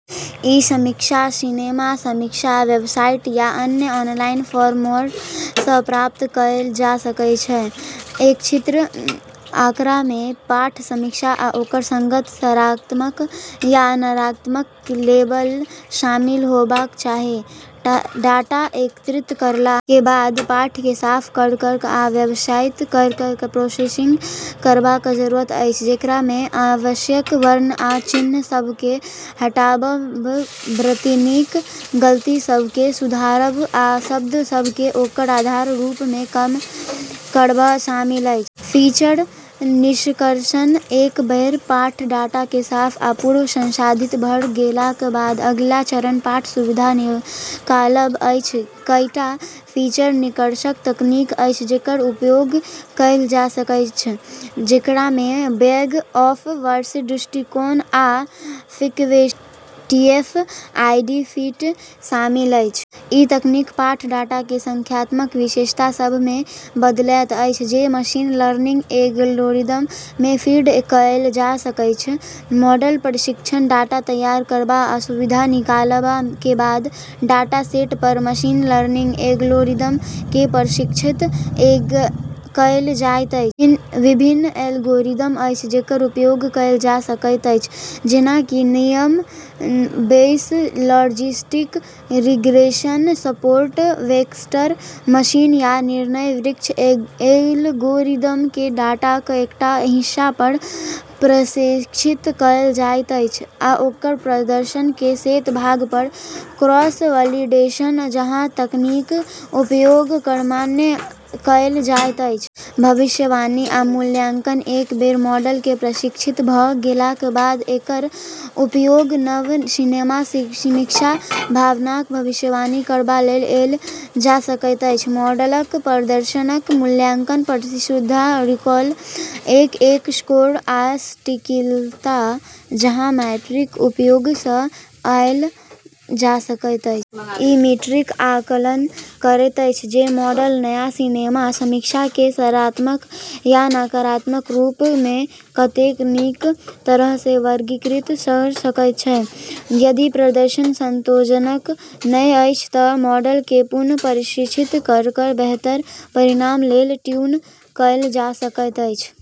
ई समीक्षा सिनेमा समीक्षा वेबसाइट या अन्य ऑनलाइन प्लेटफॉर्म सँ प्राप्त कएल जा सकैत अछि। एकत्रित आँकड़ा मे पाठ समीक्षा आ ओकर संगत सकारात्मक या नकारात्मक लेबल शामिल होबाक चाही। डाटा एकत्रित करला के बाद पाठ केँ साफ कऽ कऽ आ व्यवस्थित कऽ कऽ प्रीप्रोसेसिंग करबाक जरूरत अछि, जेकरा मे अनावश्यक वर्ण आ चिन्ह सभ केँ हटाबब, वर्तनीक गलती सभ केँ सुधारब आ शब्द सभ केँ ओकर आधार रूप मे कम करब शामिल अछि। फीचर निष्कर्षण एक बेर पाठ डाटा केँ साफ आ पूर्व संसाधित भऽ गेलाक बाद, अगिला चरण पाठ सँ सुविधा निकालब अछि। कईटा फीचर निष्कर्षण तकनीक अछि जेकर उपयोग कएल जा सकैत अछि, जेकरा मे बैग-ऑफ-वर्ड्स दृष्टिकोण आ term frequency inverse document frequency (TF IDF) शामिल अछि। ई तकनीक पाठ डाटा केँ संख्यात्मक विशेषता सभ मे बदलैत अछि जे मशीन लर्निंग एल्गोरिदम मे फीड कएल जा सकैत अछि। मॉडल प्रशिक्षण डाटा तैयार करबा आ सुविधा निकालबा के बाद डाटासेट पर मशीन लर्निंग एल्गोरिदम केँ प्रशिक्षित कएल जाइत अछि। विभिन्न वर्गीकरण एल्गोरिदम अछि जेकर उपयोग कएल जा सकैत अछि, जेना कि naive Bayes, logistic regression, support vector machine, या निर्णय वृक्ष। एल्गोरिदम केँ डाटाक एकटा हिस्सा पर प्रशिक्षित कएल जाइत अछि आ ओकर प्रदर्शन केँ शेष भाग पर क्रॉस-वैलिडेशन जकाँ तकनीकक उपयोग कऽ कऽ मान्य कएल जाइत अछि। भविष्यवाणी आ मूल्यांकन एक बेर मॉडल केँ प्रशिक्षित भऽ गेलाक बाद एकर उपयोग नव सिनेमा समीक्षाक भावनाक भविष्यवाणी करबा लेल कएल जा सकैत अछि। मॉडलक प्रदर्शनक मूल्यांकन परिशुद्धता, रिकॉल, एफ-एक स्कोर, आ सटीकता जकाँ मीट्रिकक उपयोग सँ कएल जा सकैत अछि। ई मीट्रिक आकलन करैत अछि जे मॉडल नया सिनेमा समीक्षा केँ सकारात्मक या नकारात्मक रूप मे कतेक नीक तरह सँ वर्गीकृत कऽ सकैत अछि। यदि प्रदर्शन संतोषजनक नहि अछि तँ मॉडल केँ पुनः प्रशिक्षित कऽ कऽ बेहतर परिणाम लेल ट्यून कएल जा सकैत अछि।